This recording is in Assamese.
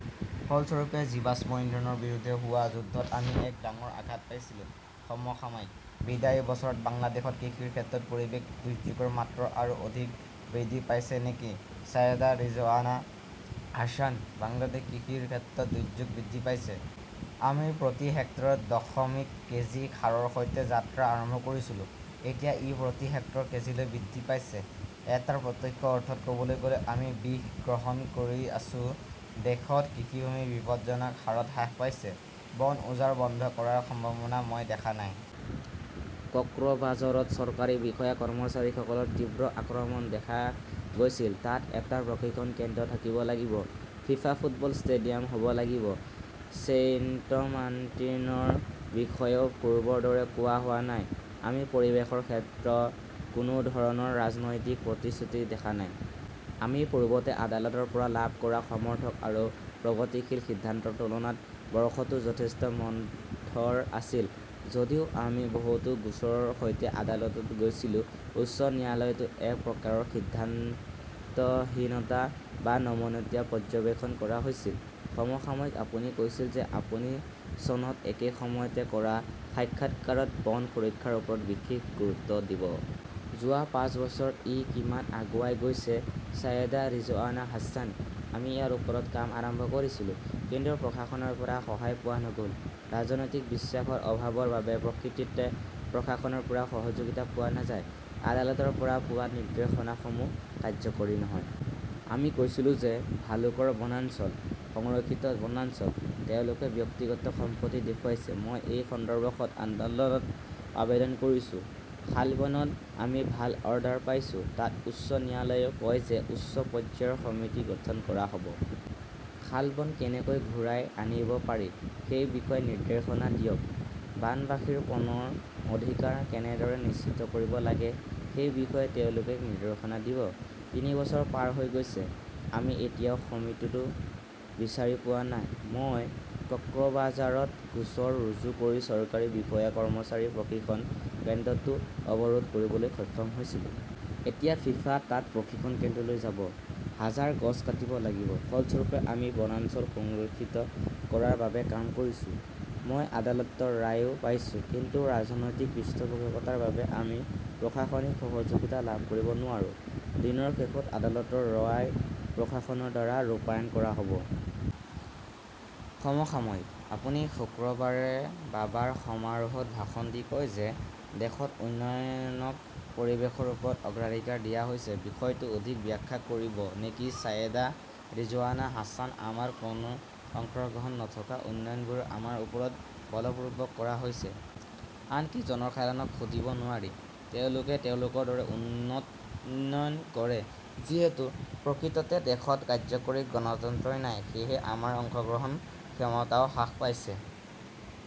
ফলস্বৰূপে জীৱাশ্ম ইন্ধনৰ বিৰুদ্ধে হোৱা যুদ্ধত আমি এক ডাঙৰ আঘাত পাইছিলো। সমসাময়িকঃ বিদায়ী বছৰত বাংলাদেশত কৃষিৰ ক্ষেত্ৰত পৰিৱেশ দুৰ্যোগৰ মাত্ৰা আৰু অধিক বৃদ্ধি পাইছে নেকি ছায়েদা ৰিজৱানা হাছানঃ বাংলাদেশত কৃষিৰ ক্ষেত্ৰত দুৰ্যোগ বৃদ্ধি পাইছে। আমি প্ৰতি হেক্টৰত দশমিক কেজি সাৰৰ সৈতে যাত্ৰা আৰম্ভ কৰিছিলো। এতিয়া ই প্ৰতি হেক্টৰত কেজিলৈ বৃদ্ধি পাইছে। এটা প্ৰত্যক্ষ অৰ্থত ক’বলৈ গ’লে-আমি বিষ গ্ৰহণ কৰি আছো। দেশত কৃষিভূমি বিপদজনক হাৰত হ্ৰাস পাইছে। বন উজাৰ বন্ধ কৰাৰ সম্ভাৱনা মই দেখা নাই। কক্সবাঝাৰত চৰকাৰী বিষয়া-কৰ্মচাৰীসকলৰ তীব্ৰ আক্ৰমণ দেখা গৈছিল। তাত এটা প্ৰশিক্ষণ কেন্দ্ৰ থাকিব লাগিব। ফিফা ফুটবল ষ্টেডিয়াম হ 'ব লাগিব। ছেইণ্টমাৰ্টিনৰ বিষয়েও পূৰ্বৰ দৰে কোৱা হোৱা নাই। আমি পৰিৱেশৰ ক্ষেত্ৰত কোনো ধৰণৰ ৰাজনৈতিক প্ৰতিশ্ৰুতি দেখা নাই। আমি পূৰ্বতে আদালতৰ পৰা লাভ কৰা সমৰ্থক আৰু প্ৰগতিশীল সিদ্ধান্তৰ তুলনাত বৰ্ষটো যথেষ্ট মন্থৰ আছিল। যদিও আমি বহুতো গোচৰৰ সৈতে আদালতত গৈছিলো। উচ্চ ন্যায়ালয়তো এক প্ৰকাৰৰ সিদ্ধান্তহীনতা বা নমনীয়তা পৰ্যবেক্ষণ কৰা হৈছিল। সমসাময়িকঃ আপুনি কৈছিল যে আপুনি চনত একে সময়তে কৰা সাক্ষাৎকাৰত বন সুৰক্ষাৰ ওপৰত বিশেষ গুৰুত্ব দিব। যোৱা পাঁচ বছৰত ই কিমান আগুৱাই গৈছে ছায়েদা ৰিজৱানা হাছানঃ আমি ইয়াৰ ওপৰত কাম আৰম্ভ কৰিছিলো। কিন্তু প্ৰশাসনৰ পৰা সহায় পোৱা নগ’ল। ৰাজনৈতিক বিশ্বাসৰ অভাৱৰ বাবে প্ৰকৃততে প্ৰশাসনৰ পৰা সহযোগিতা পোৱা নাযায়। আদালতৰ পৰা পোৱা নিৰ্দেশনাসমূহ কাৰ্যকৰী নহয়। আমি কৈছিলো যে ভালুকৰ বনাঞ্চল সংৰক্ষিত বনাঞ্চল, তেওঁলোকে ব্যক্তিগত সম্পত্তি দেখুৱাইছে। মই এই সন্দৰ্ভত আদালতত আবেদন কৰিছো। শালবনত আমি ভাল অৰ্ডাৰ পাইছো। তাত উচ্চ ন্যায়ালয়ে কয় যে উচ্চ পৰ্যায়ৰ সমিতি গঠন কৰা হ’ব। শালবন কেনেকৈ ঘূৰাই আনিব পাৰি সেই বিষয়ে নিৰ্দেশনা দিয়ক। বনবাসীৰ বনৰ অধিকাৰ কেনেদৰে নিশ্চিত কৰিব লাগে সেই বিষয়ে তেওঁলোকে নিৰ্দেশনা দিব। তিনি বছৰ পাৰ হৈ গৈছে, আমি এতিয়াও সমিতিটো বিচাৰি পোৱা নাই! মই কক্সবাঝাৰত গোচৰ ৰুজু কৰি চৰকাৰী বিষয়া-কৰ্মচাৰীৰ প্ৰশিক্ষণ কেন্দ্ৰটো অৱৰোধ কৰিবলৈ সক্ষম হৈছিলো। এতিয়া ফিফা তাত প্ৰশিক্ষণ কেন্দ্ৰলৈ যাব। হাজাৰ গছ কাটিব লাগিব। ফলস্বৰূপে, আমি বনাঞ্চল সুৰক্ষিত কৰাৰ বাবে কাম কৰিছো। মই আদালতৰ ৰায়ও পাইছো। কিন্তু ৰাজনৈতিক পৃষ্ঠপোষকতাৰ বাবে আমি প্ৰশাসনিক সহযোগিতা লাভ কৰিব নোৱাৰো। দিনৰ শেষত আদালতৰ ৰায় প্ৰশাসনৰ দ্বাৰা ৰূপায়ণ কৰা হ 'ব। সমসাময়িকঃ আপুনি শুকুৰবাৰে বাবাৰ সমাৰোহত ভাষণ দি কয় যে দেশত উন্নয়নক পৰিৱেশৰ ওপৰত অগ্ৰাধিকাৰ দিয়া হৈছে। বিষয়টো অধিক ব্যাখ্যা কৰিব নেকি ছায়েদা ৰিজৱানা হাছান আমাৰ কোনো অংশগ্ৰহণ নথকা উন্নয়নবোৰ আমাৰ ওপৰত বলপূৰ্বক কৰা হৈছে। আনকি জনসাধাৰণক সুধিব নোৱাৰি, তেওঁলোকে তেওঁলোকৰ দৰে উন্নয়ন কৰে। যিহেতু প্ৰকৃততে দেশত কাৰ্যকৰী গণতন্ত্ৰ নাই, সেয়েহে আমাৰ অংশগ্ৰহণ ক্ষমতাও হ্ৰাস পাইছে।